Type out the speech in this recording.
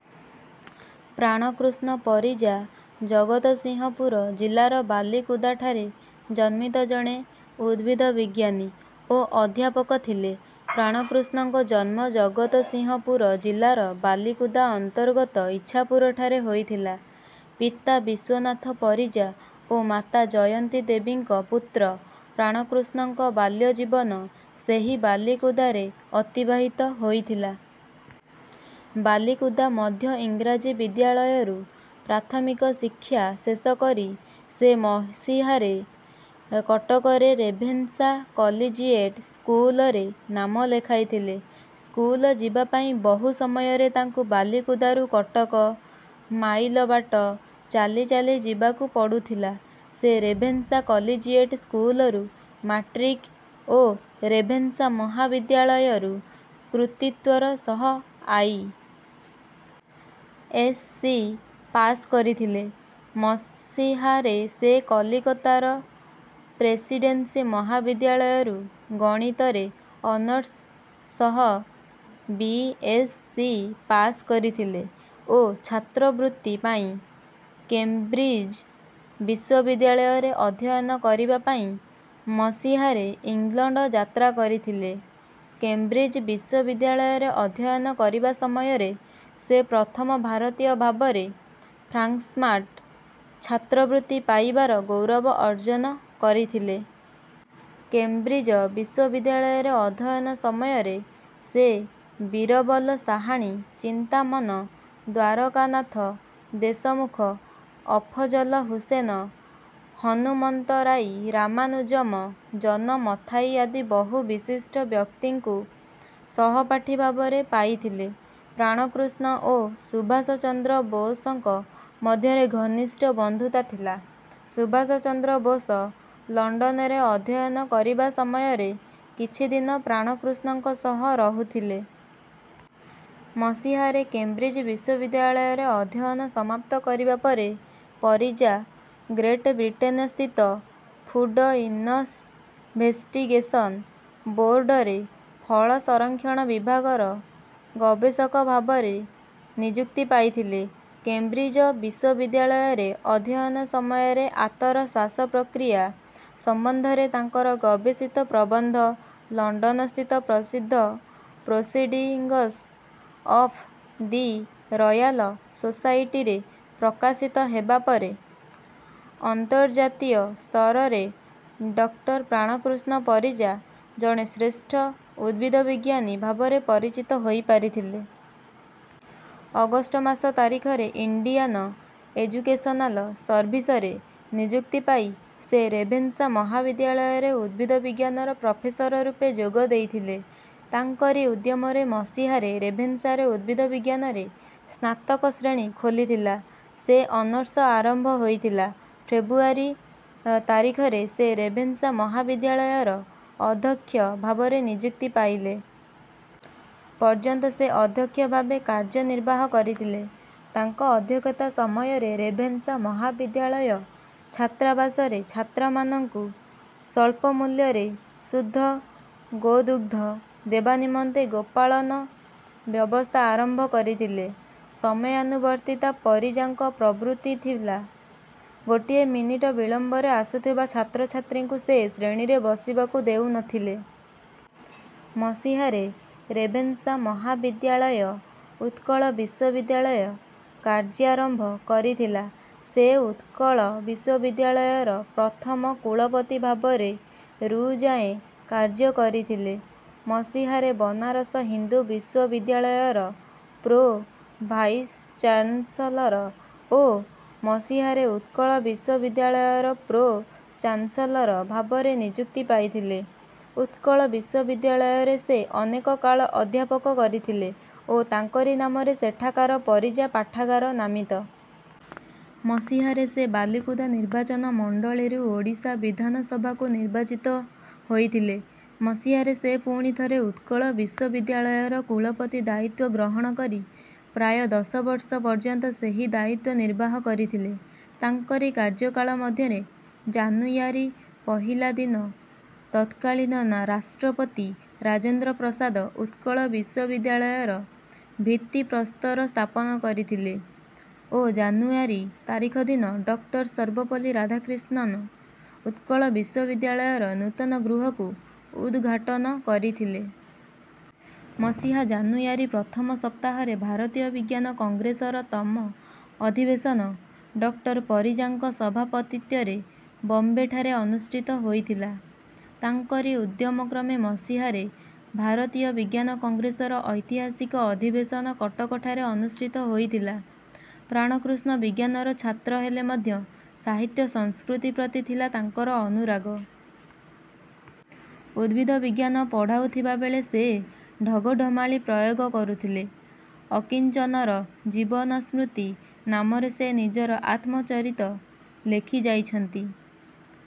ପ୍ରାଣକୃଷ୍ଣ ପରିଜା ଜଗତସିଂହପୁର ଜିଲ୍ଲାର ବାଲିକୁଦାଠାରେ ଜନ୍ମିତ ଜଣେ ଉଦ୍ଭିଦ ବିଜ୍ଞାନି ଓ ଅଧ୍ୟାପକ ଥିଲେ। ପ୍ରାଣକୃଷ୍ଣଙ୍କ ଜନ୍ମ ଜଗତସିଂହପୁର ଜିଲ୍ଲାର, ବାଲିକୁଦା ଅନ୍ତର୍ଗତ ଇଚ୍ଛାପୁରଠାରେ ହୋଇଥିଲା। ପିତା ବିଶ୍ୱନାଥ ପରିଜା ଓ ମାତା ଜୟନ୍ତୀ ଦେବୀଙ୍କ ପୁତ୍ର, ପ୍ରାଣକୃଷ୍ଣଙ୍କ ବାଲ୍ୟଜୀବନ ସେହି ବାଲିକୁଦାରେ ଅତିବାହିତ ହୋଇଥିଲା। ବାଲିକୁଦା ମଧ୍ୟଇଂରାଜୀ ବିଦ୍ୟାଳୟରୁ ପ୍ରାଥମିକ ଶିକ୍ଷା ଶେଷକରି, ସେ ମସିହାରେ କଟକ ର ରେଭେନ୍ସା କଲିଜିଏଟ ସ୍କୁଲ ରେ ନାମ ଲେଖାଇଥିଲେ। ସ୍କୁଲ ଯିବା ପାଇଁ, ବହୁ ସମୟରେ ତାଙ୍କୁ ବାଲିକୁଦାରୁ କଟକ, ମାଇଲ ବାଟ, ଚାଲି ଚାଲି ଯିବାକୁ ପଡୁଥିଲା। ସେ ରେଭେନ୍ସା କଲିଜିଏଟ ସ୍କୁଲରୁ ମାଟ୍ରିକ ଓ ରେଭେନ୍ସା ମହାବିଦ୍ୟାଳୟ ରୁ କୃତିତ୍ୱର ସହ ଆଇ. ଏସ୍. ସି. ପାସକରିଥିଲେ। ମସିହାରେ ସେ କଲିକତାର ପ୍ରେସିଡେନ୍ସି ମହାବିଦ୍ୟାଳୟରୁ ଗଣିତ ରେ ଅନର୍ସ ସହ ବି. ଏସ୍. ସି. ପାସ କରିଥିଲେ ଓ ଛାତ୍ରବୃତ୍ତି ପାଇ କେମ୍ବ୍ରିଜ ବିଶ୍ୱବିଦ୍ୟାଳୟ ରେ ଅଧ୍ୟୟନ କରିବା ପାଇଁ ମସିହାରେ ଇଂଲଣ୍ଡ ଯାତ୍ରା କରିଥିଲେ। କେମ୍ବ୍ରିଜ ବିଶ୍ୱବିଦ୍ୟାଳୟରେ ଅଧ୍ୟୟନ କରିବା ସମୟରେ, ସେ ପ୍ରଥମ ଭାରତୀୟ ଭାବରେ ଫ୍ରାଙ୍କସ୍ମାର୍ଟ ଛାତ୍ରବୃତ୍ତି ପାଇବାର ଗୌରବ ଅର୍ଜ୍ଜନ କରିଥିଲେ। କେମ୍ବ୍ରିଜ ବିଶ୍ୱବିଦ୍ୟାଳୟରେ ଅଧ୍ୟୟନ ସମୟରେ, ସେ ବୀରବଲ ସାହାଣୀ, ଚିନ୍ତାମନ ଦ୍ୱାରକାନାଥ ଦେଶମୁଖ, ଅଫଜଲ ହୁସେନ, ହନୁମନ୍ତରାଇ, ରାମାନୁଜମ, ଜନ ମଥାଇ ଆଦି ବହୁ ବିଶିଷ୍ଟ ବ୍ୟକ୍ତିଙ୍କୁ ସହପାଠୀଭାବରେ ପାଇଥିଲେ। ପ୍ରାଣକୃଷ୍ଣ ଓ ସୁଭାଷ ଚନ୍ଦ୍ର ବୋଷଙ୍କ ମଧ୍ୟରେ ଘନିଷ୍ଟ ବନ୍ଧୁତା ଥିଲା। ସୁଭାଷ ଚନ୍ଦ୍ର ବୋଷ ଲଣ୍ଡନରେ ଅଧ୍ୟୟନ କରିବା ସମୟରେ, କିଛି ଦିନ, ପ୍ରାଣକୃଷ୍ଣଙ୍କ ସହ ରହୁଥିଲେ। ମସିହାରେ, କେମ୍ବ୍ରିଜ ବିଶ୍ୱବିଦ୍ୟାଳୟରେ ଅଧ୍ୟୟନ ସମାପ୍ତ କରିବା ପରେ, ପରିଜା ଗ୍ରେଟବ୍ରିଟେନସ୍ଥିତ ଫୁଡ ଇନଭେଷ୍ଟିଗେସନ ବୋର୍ଡ଼ରେ ଫଳ ସଂରକ୍ଷଣ ବିଭାଗର ଗବେଷକ ଭାବରେ ନିଯୁକ୍ତି ପାଇଥିଲେ। କେମ୍ବ୍ରିଜ ବିଶ୍ୱବିଦ୍ୟାଳୟରେ ଅଧ୍ୟୟନ ସମୟରେ ଆତର ଶ୍ୱାସପ୍ରକ୍ରିୟା ସମ୍ବନ୍ଧରେ ତାଙ୍କର ଗବେଷିତ ପ୍ରବନ୍ଧ, ଲଣ୍ଡନସ୍ଥିତ ପ୍ରସିଦ୍ଧ Proceedings of the Royal Society ରେ ପ୍ରକାଶିତ ହେବା ପରେ, ଅନ୍ତର୍ଜାତୀୟ ସ୍ତରରେ ଡଃ ପ୍ରାଣକୃଷ୍ଣ ପରିଜା ଜଣେ ଶ୍ରେଷ୍ଠ ଉଦ୍ଭୀଦ ବିଜ୍ଞାନୀ ଭାବରେ ପରିଚିତ ହୋଇପାରିଥିଲେ। ଅଗଷ୍ଟ ମାସ ତାରିଖରେ, ଇଣ୍ଡିଆନ ଏଜୁକେସନାଲ ସର୍ଭିସରେ ନିଯୁକ୍ତି ପାଇ, ସେ ରେଭେନ୍ସା ମହାବିଦ୍ୟାଳୟରେ ଉଦ୍ଭିଦ ବିଜ୍ଞାନର ପ୍ରଫେସର ରୂପେ ଯୋଗ ଦେଇଥିଲେ। ତାଙ୍କରି ଉଦ୍ୟମରେ ମସିହାରେ ରେଭେନ୍ସାରେ ଉଦ୍ଭିଦ ବିଜ୍ଞାନରେ ସ୍ନାତକ ଶ୍ରେଣୀ ଖୋଲିଥିଲା। ରେ ଅନର୍ସ ଆରମ୍ଭ ହୋଇଥିଲା। ଫେବୃୟାରୀ ତାରିଖରେ, ସେ ରେଭେନ୍ସା ମହାବିଦ୍ୟାଳୟର ଅଧ୍ୟକ୍ଷ ଭାବରେ ନିଯୁକ୍ତି ପାଇଲେ। ପର୍ଯ୍ୟନ୍ତ ସେ ଅଧ୍ୟକ୍ଷ ଭାବେ କାର୍ଯ୍ୟନିର୍ବାହ କରିଥିଲେ। ତାଙ୍କ ଅଧ୍ୟକ୍ଷତା ସମୟରେ ରେଭେନ୍ସା ମହାବିଦ୍ୟାଳୟ ଛାତ୍ରାବାସରେ ଛାତ୍ରମାନଙ୍କୁ ସ୍ୱଳ୍ପମୂଲ୍ୟରେ ଶୁଦ୍ଧ ଗୋଦୁଗ୍ଧ ଦେବା ନିମନ୍ତେ ଗୋପାଳନ ବ୍ୟବସ୍ଥା ଆରମ୍ଭ କରିଥିଲେ। ସମୟାନୁବର୍ତ୍ତିତା ପରିଜାଙ୍କ ପ୍ରବୃତ୍ତି ଥିଲା। ଗୋଟିଏ ମିନିଟ ବିଳମ୍ବରେ ଆସୁଥିବା ଛାତ୍ରଛାତ୍ରୀଙ୍କୁ ସେ ଶ୍ରେଣୀରେ ବସିବାକୁ ଦେଉନଥିଲେ। ମସିହାରେ ରେଭେନ୍ସା ମହାବିଦ୍ୟାଳୟ ଉତ୍କଳ ବିଶ୍ୱବିଦ୍ୟାଳୟ କାର୍ଯ୍ୟାରମ୍ଭ କରିଥିଲା। ସେ ଉତ୍କଳ ବିଶ୍ୱବିଦ୍ୟାଳୟର ପ୍ରଥମ କୂଳପତି ଭାବରେ ରୁ ଯାଏଁ କାର୍ଯ୍ୟ କରିଥିଲେ। ମସିହାରେ ବନାରସ ହିନ୍ଦୁ ବିଶ୍ୱବିଦ୍ୟାଳୟର ପ୍ରୋ-ଭାଇସଚାନ୍ସଲର ଓ ମସିହାରେ ଉତ୍କଳ ବିଶ୍ୱବିଦ୍ୟାଳୟର ପ୍ରୋ-ଚାନ୍ସଲର ଭାବରେ ନିଯୁକ୍ତି ପାଇଥିଲେ। ଉତ୍କଳ ବିଶ୍ୱବିଦ୍ୟାଳୟରେ ସେ, ଅନେକ କାଳ ଅଧ୍ୟାପନ କରିଥିଲେ ଓ ତାଙ୍କରି ନାମରେ ସେଠାକାର ପରିଜା ପାଠାଗାର ନାମିତ। ମସିହାରେ, ସେ ବାଲିକୁଦା ନିର୍ବାଚନ ମଣ୍ଡଳୀରୁ ଓଡ଼ିଶା ବିଧାନ ସଭାକୁ ନିର୍ବାଚିତ ହୋଇଥିଲେ। ମସିହାରେ ସେ ପୁଣି ଥରେ, ଉତ୍କଳ ବିଶ୍ୱବିଦ୍ୟାଳୟର କୂଳପତି ଦାୟିତ୍ୱ ଗ୍ରହଣ କରି, ପ୍ରାୟ ଦଶବର୍ଷ ପର୍ଯ୍ୟନ୍ତ ସେହି ଦାୟିତ୍ୱ ନିର୍ବାହ କରିଥିଲେ। ତାଙ୍କରି କାର୍ଯ୍ୟକାଳ ମଧ୍ୟରେ, ଜାନୁୟାରୀ ପହିଲା ଦିନ ତତ୍କାଳୀନ ରାଷ୍ଟ୍ରପତି ରାଜେନ୍ଦ୍ର ପ୍ରସାଦ, ଉତ୍କଳ ବିଶ୍ୱବିଦ୍ୟାଳୟର ଭିତ୍ତିପ୍ରସ୍ତର ସ୍ଥାପନ କରିଥିଲେ ଓ ଜାନୁୟାରୀ ତାରିଖ ଦିନ, ଡଃ ସର୍ବପଲ୍ଲୀ ରାଧାକ୍ରିଷ୍ଣନ, ଉତ୍କଳ ବିଶ୍ୱବିଦ୍ୟାଳୟର ନୂତନ ଗୃହକୁ ଉଦଘାଟନ କରିଥିଲେ। ମସିହା ଜାନୁୟାରୀ ପ୍ରଥମ ସପ୍ତାହରେ ଭାରତୀୟ ବିଜ୍ଞାନ କଂଗ୍ରେସର ତମ ଅଧିବେଶନ, ଡଃ ପରିଜାଙ୍କ ସଭାପତିତ୍ୱରେ ବମ୍ବେଠାରେ ଅନୁଷ୍ଠିତ ହୋଇଥିଲା। ତାଙ୍କରି ଉଦ୍ୟମକ୍ରମେ ମସିହାରେ ଭାରତୀୟ ବିଜ୍ଞାନ କଂଗ୍ରେସର ଐତିହାସିକ ଅଧିବେଶନ କଟକଠାରେ ଅନୁଷ୍ଠିତ ହୋଇଥିଲା। ପ୍ରାଣକୃଷ୍ଣ ବିଜ୍ଞାନର ଛାତ୍ର ହେଲେ ମଧ୍ୟ, ସାହିତ୍ୟ, ସଂସ୍କୃତି ପ୍ରତି ଥିଲା ତାଙ୍କର ଅନୁରାଗ। ଉଦ୍ଭିଦ ବିଜ୍ଞାନ ପଢାଉଥିବାବେଳେ, ସେ ଢଗ ଢମାଳି ପ୍ରୟୋଗ କରୁଥିଲେ। "ଅକିଞ୍ଚନର ଜୀବନ ସ୍ମୃତି" ନାମରେ ସେ ନିଜର ଆତ୍ମ-ଚରିତ ଲେଖିଯାଇଛନ୍ତି।।